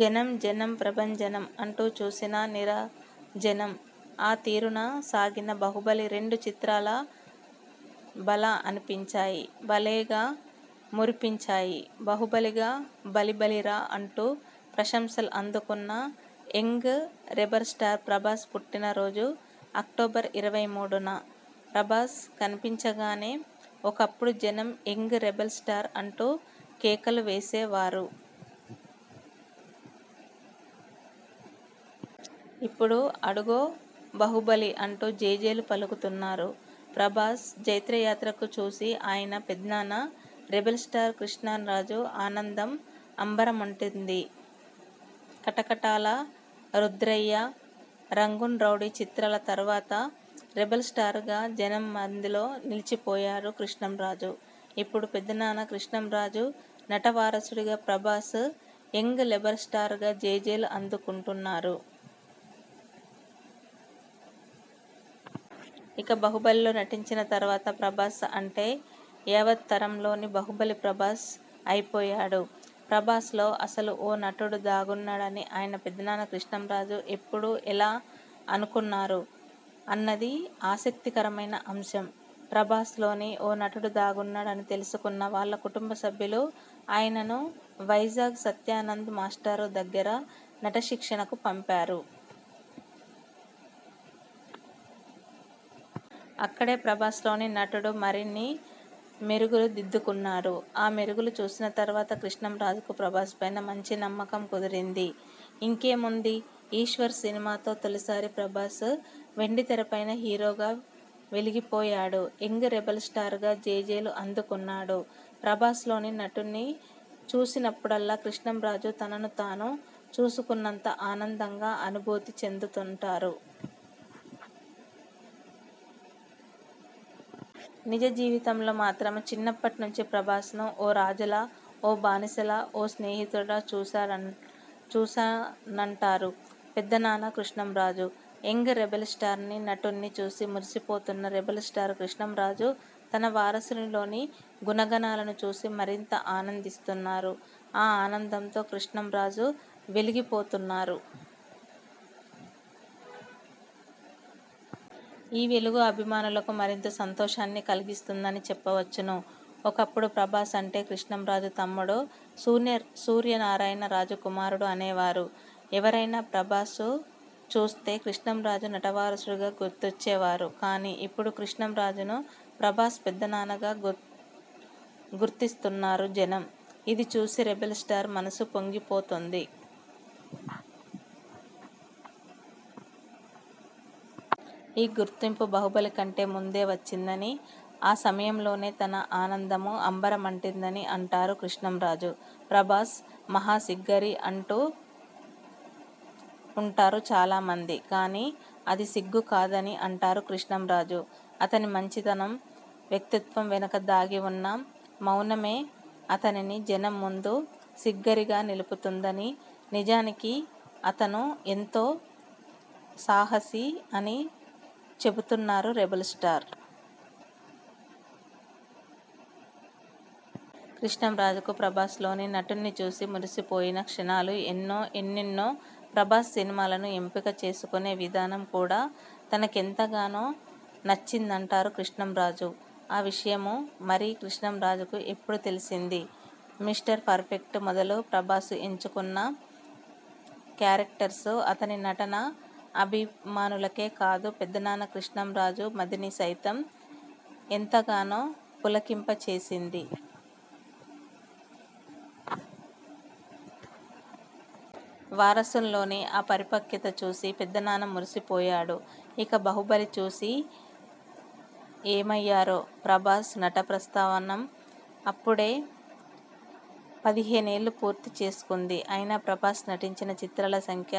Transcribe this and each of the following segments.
జనం జనం ప్రభంజనం. అంటూ చూసిన నీరాజనం. ఆ తీరున సాగిన 'బాహుబలి' రెండు చిత్రాల భళా అనిపించాయి. భలేగా మురిపించాయి. 'బాహుబలి'గా భళి భళిరా అంటూ ప్రశంసలు అందుకున్న యంగ్ రెబల్ స్టార్ ప్రభాస్ పుట్టినరోజు అక్టోబర్ ఇరవై మూడు న. ప్రభాస్ కనిపించగానే ఒకప్పుడు జనం 'యంగ్ రెబల్ స్టార్' అంటూ కేకలు వేసేవారు. ఇప్పుడు 'అడుగో బాహుబలి' అంటూ జేజేలు పలుకుతున్నారు. ప్రభాస్ జైత్రయాత్రకు చూసి ఆయన పెదనాన్న రెబల్ స్టార్ కృష్ణంరాజు ఆనందం అంబరమంటంది. 'కటకటాల రుద్రయ్య, రంగూన్ రౌడీ' చిత్రాల తరువాత 'రెబల్ స్టార్'గా జనం మదిలో నిలచిపోయారు కృష్ణంరాజు. ఇప్పుడు పెదనాన్న కృష్టంరాజు నటవారసుడిగా ప్రభాస్ 'యంగ్ రెబల్ స్టార్'గా జేజేలు అందుకుంటున్నారు. ఇక 'బాహుబలి'లో నటించిన తరువాత ప్రభాస్ అంటే యావత్ తరములోని 'బాహుబలి' ప్రభాస్ అయిపోయాడు. ప్రభాస్ లో అసలు ఓ నటుడు దాగున్నాడని ఆయన పెదనాన్న కృష్ణంరాజు ఎప్పుడు ఎలా అనుగొన్నారు అన్నది ఆసక్తికరమైన అంశం. ప్రభాస్ లోని ఓ నటుడు దాగున్నాడని తెలుసుకున్న వాళ్ళ కుటుంబసభ్యులు ఆయనను వైజాగ్ సత్యానంద్ మాస్టారు దగ్గర నటశిక్షణకు పంపారు. అక్కడే ప్రభాస్లోని నటుడు మరిన్ని మెరుగులు దిద్దుకున్నాడు. ఆ మెరుగులు చూసిన తరువాత కృష్ణంరాజుకు ప్రభాస్ పై న మంచి నమ్మకం కుదిరింది. ఇంకేముంది 'ఈశ్వర్' సినిమాతో తొలిసారి ప్రభాస్ వెండితెరపై హీరోగా వెలిగిపోయాడు. 'యంగ్ రెబల్ స్టార్'గా జేజేలు అందుకున్నాడు. ప్రభాస్ లోని నటుణ్ణి చూసినపుడల్లా కృష్ణంరాజు తనను తాను చూసుకున్నంత ఆనందంగా అనుభూతి చెందుతుంటారు. నిజ జీవితంలో మాత్రం చిన్నప్పటి నుంచీ ప్రభాస్ ను ఓ రాజులా, ఓ బానిసలా, ఓ స్నేహితునిలా చూశానం చూసానంటారు పెదనాన్న కృష్ణంరాజు. యంగ్ రెబల్ స్టార్లోని నటుణ్ణి చూసి మురిసిపోతున్న రెబల్ స్టార్ కృష్ణంరాజు తన వారసునిలోని గుణగణాలను చూసి మరింత ఆనందిస్తున్నారు. ఆ ఆనందంతో కృష్ణంరాజు వెలిగిపోతున్నారు. ఆ వెలుగు అభిమానులకు మరింత సంతోషాన్ని కలిగిస్తుందని చెప్పవచ్చును. ఒకప్పుడు ప్రభాస్ అంటే కృష్ణంరాజు తమ్ముడు సూర్యసూర్యనారాయణరాజు కుమారుడు అనేవారు. ఎవరైనా ప్రభాస్ ను చూస్తే కృష్ణంరాజు నటవారసుడుగా గుర్తించేవారు. కానీ, ఇప్పుడు కృష్ణంరాజును 'ప్రభాస్ పెదనాన్న'గా గుర్త్ గుర్తిస్తున్నారు జనం. అది చూసి రెబల్ స్టార్ మనసు పొంగిపోతోంది. ఈ గుర్తింపు 'బాహుబలి' కంటే ముందే వచ్చిందని, ఆ సమయంలోనే తన ఆనందం అంబరమంటిందని అంటారు కృష్ణంరాజు. ప్రభాస్ మహా సిగ్గరి అంటూ ఉంటారు చాలామంది. కానీ అది సిగ్గు కాదని అంటారు కృష్ణంరాజు. అతని మంచితనం, వ్యక్తిత్వం వెనక దాగి ఉన్న మౌనమే అతనిని జనం ముందు సిగ్గరిగా నిలుపుతుం దని, నిజానికి అతను ఎంతో సాహసి అని చెబుతున్నారు రెబల్ స్టార్. కృష్ణంరాజుకు ప్రభాస్ లోని నటుణ్ణి చూసి మురిసిపోయిన క్షణాలు ఎన్నో ఎన్నెన్నో. ప్రభాస్ సినిమాలను ఎంపిక చేసుకొనే విధానం కూడా తనకెంతగానో నచ్చిందాంటారు కృష్ణంరాజు. ఆ విషయము మరి కృష్ణంరాజుకు ఎప్పుడు తెలిసింది?. 'మిస్టర్ పర్ ఫెక్ట్' మొదలు ప్రభాస్ ఎంచుకున్న కేరెక్టర్స్, అతని నటన అభిమానులకే కాదు పెదనాన్న కృష్ణంరాజు మదిని సైతం ఎంతగానో పులకింప చేసింది. వారసునిలో ఆ పరిపక్వత చూసి పెదనాన్న మురిసిపోయాడు. ఇక 'బాహుబలి' చూసి ఏమయ్యారో? ప్రభాస్ నటప్రస్థానం అప్పుడే పదిహేనేళ్ళు పూర్తి చేసుకుంది. అయినా ప్రభాస్ నటించిన చిత్రాల సంఖ్య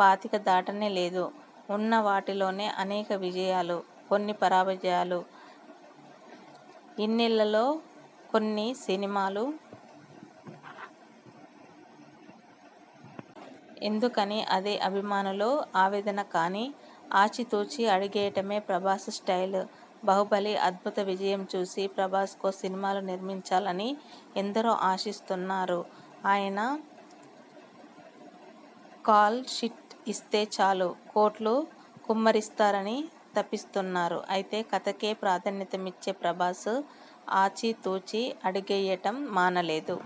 పాతిక దాటనే లేదు. ఉన్న వాటిలోనే అనేక విజయాలు, కొన్ని పరాజయాలు. ఇన్నేళ్ళలో కొన్ని సినిమాలు. ఎందుకని?. అదే అభిమానుల ఆవేదన. కానీ, ఆచి తూచి అడుగేయడమే ప్రభాస్ స్టైల్. 'బాహుబలి అద్భుత విజయం చూసి ప్రభాస్తో సినిమాలు నిర్మించాలని ఎందరో ఆశిస్తున్నారు. ఆయన కాల్ షీట్ ఇస్తే చాలు కోట్లు కుమ్మరిస్తారని తపిస్తున్నారు. అయితే కథకే ప్రాధాన్యమిచ్చే ప్రభాస్ ఆచి తూచి అడుగేయడం మానలేదు.